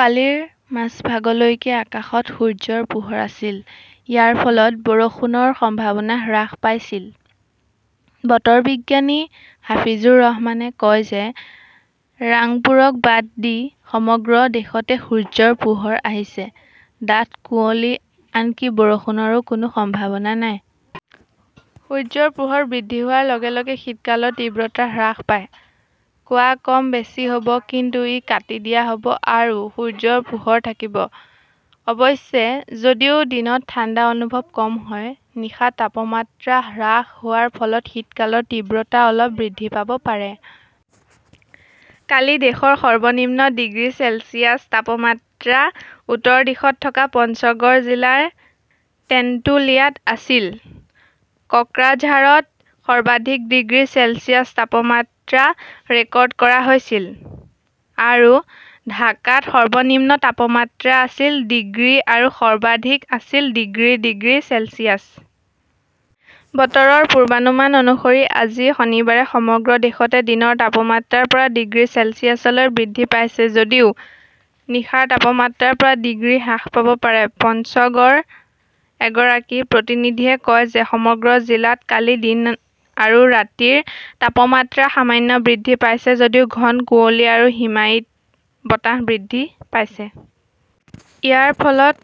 কালিৰ মাজভাগলৈকে আকাশত সূৰ্যৰ পোহৰ আছিল; ইয়াৰ ফলত বৰষুণৰ সম্ভাৱনা হ্ৰাস পাইছিল। বতৰ বিজ্ঞানী হাফিজুৰ ৰহমানে কয় যে ৰাংপুৰক বাদ দি সমগ্ৰ দেশতে সূৰ্যৰ পোহৰ আহিছে। ডাঠ কুঁৱলী, আনকি বৰষুণৰো কোনো সম্ভাৱনা নাই। সূৰ্যৰ পোহৰ বৃদ্ধি হোৱাৰ লগে লগে শীতকালৰ তীব্ৰতা হ্ৰাস পাব। কুৱা কম বেছি হ "ব, কিন্তু ই কাটি দিয়া হ" ব আৰু সূৰ্যৰ পোহৰ থাকিব। অৱশ্যে, যদিও দিনত ঠাণ্ডা অনুভৱ কম হয়, নিশা তাপমাত্ৰা হ্ৰাস হোৱাৰ ফলত শীতকালৰ তীব্ৰতা অলপ বৃদ্ধি পাব পাৰে। কালি দেশৰ সৰ্বনিম্ন ডিগ্ৰী চেলছিয়াছ তাপমাত্ৰা উত্তৰ দিশত থকা পঞ্চগড় জিলাৰ তেন্তুলিয়াত আছিল। কক্সবাঝাৰত সৰ্বাধিক ডিগ্ৰী চেলছিয়াছ তাপমাত্ৰা ৰেকৰ্ড কৰা হৈছিল। আৰু ঢাকাত সৰ্বনিম্ন তাপমাত্ৰা আছিল ডিগ্ৰী আৰু সৰ্বাধিক আছিল ডিগ্ৰী ডিগ্ৰী চেলছিয়াছ। বতৰৰ পূৰ্বানুমান অনুসৰি আজি শনিবাৰে সমগ্ৰ দেশতে দিনৰ তাপমাত্ৰা ৰ পৰা ডিগ্ৰী চেলছিয়াছলৈ বৃদ্ধি পাইছে যদিও নিশাৰ তাপমাত্ৰা ৰ পৰা ডিগ্ৰী হ্ৰাস পাব পাৰে। পঞ্চগড়ৰ এগৰাকী প্ৰতিনিধিয়ে কয় যে সমগ্ৰ জিলাত কালি দিন আৰু ৰাতিৰ তাপমাত্ৰা সামান্য বৃদ্ধি পাইছে যদিও ঘন কুঁৱলী আৰু হিমায়িত বতাহ বৃদ্ধি পাইছে। ইয়াৰ ফলত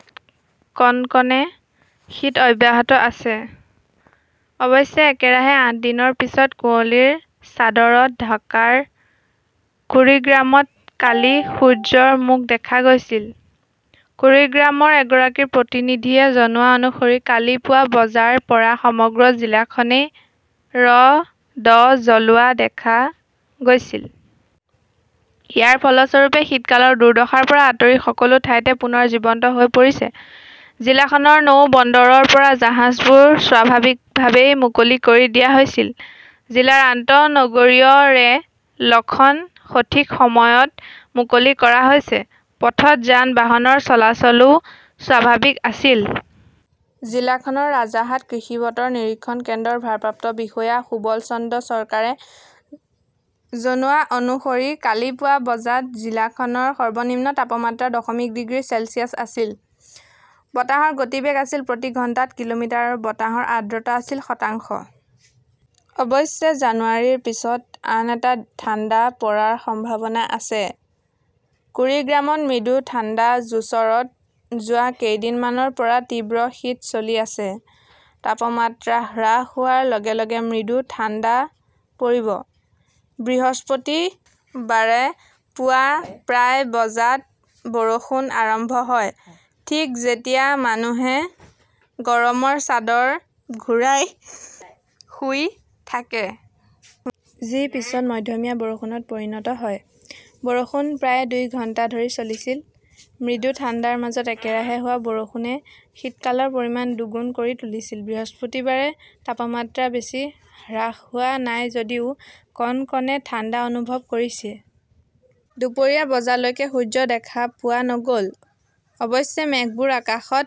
কনকনে শীত অব্যাহত আছে। অৱশ্যে, একেৰাহে আঠ দিনৰ পিছত কুঁৱলীৰ চাদৰত ঢাকাৰ কুৰিগ্ৰামত কালি সূৰ্যৰ মুখ দেখা গৈছিল। কুৰিগ্ৰামৰ এগৰাকী প্ৰতিনিধিয়ে জনোৱা অনুসৰি কালি পুৱা বজাৰ পৰা সমগ্ৰ জিলাখনে ৰ 'দ জ্বলোৱা দেখা গৈছিল। ইয়াৰ ফলস্বৰূপে, শীতকালৰ দুৰ্দশাৰ পৰা আঁতৰি সকলো ঠাইতে পুনৰ জীৱন্ত হৈ পৰিছে। জিলাখনৰ নৌ বন্দৰৰ পৰা জাহাজবোৰ স্বাভাৱিকভাৱেই মুকলি কৰি দিয়া হৈছিল। জিলাৰ আন্তঃ নগৰীয় ৰে "লখন সঠিক সময়ত মুকলি কৰা হৈছে। পথত যান-বাহনৰ চলাচলও স্বাভাৱিক আছিল। জিলাখনৰ ৰাজাৰহাট কৃষি বতৰ নিৰীক্ষণ কেন্দ্ৰৰ ভাৰপ্ৰাপ্ত বিষয়া সুবল চন্দ্ৰ চৰকাৰে জনোৱা অনুসৰি কালি পুৱা বজাত জিলাখনৰ সৰ্বনিম্ন তাপমাত্ৰা দশমিক ডিগ্ৰী চেলছিয়াছ আছিল। বতাহৰ গতিবেগ আছিল প্ৰতি ঘণ্টাত কিলোমিটাৰ আৰু বতাহৰ আৰ্দ্ৰতা আছিল শতাংশ। অৱশ্যে জানুৱাৰীৰ পিছত আন এটা ঠাণ্ডা পৰাৰ সম্ভাৱনা আছে। কুৰিগ্ৰামত মৃদু ঠাণ্ডা যোছৰত যোৱা কেইদিনমানৰ পৰা তীব্ৰ শীত চলি আছে। তাপমাত্ৰা হ্ৰাস হোৱাৰ লগে লগে মৃদু ঠাণ্ডা পৰিব। বৃহস্পতিবাৰে পুৱা প্ৰায় বজাত বৰষুণ আৰম্ভ হয়, ঠিক যেতিয়া মানুহে গৰমৰ চাদৰ ঘূৰাই শুই থাকে। যি পিছত মধ্যমীয়া বৰষুণত পৰিণত হয়। বৰষুণ প্ৰায় দুই ঘণ্টা ধৰি চলিছিল। মৃদু ঠাণ্ডাৰ মাজত একেৰাহে হোৱা বৰষুণে শীতকালৰ পৰিমাণ দুগুণ কৰি তুলিছিল। বৃহস্পতিবাৰে তাপমাত্ৰা বেছি হ্ৰাস হোৱা নাই যদিও কনকনে ঠাণ্ডা অনুভৱ কৰিছে। দুপৰীয়া বজালৈকে সূৰ্য দেখা পোৱা নগ "ল। অৱশ্যে, মেঘবোৰ আকাশত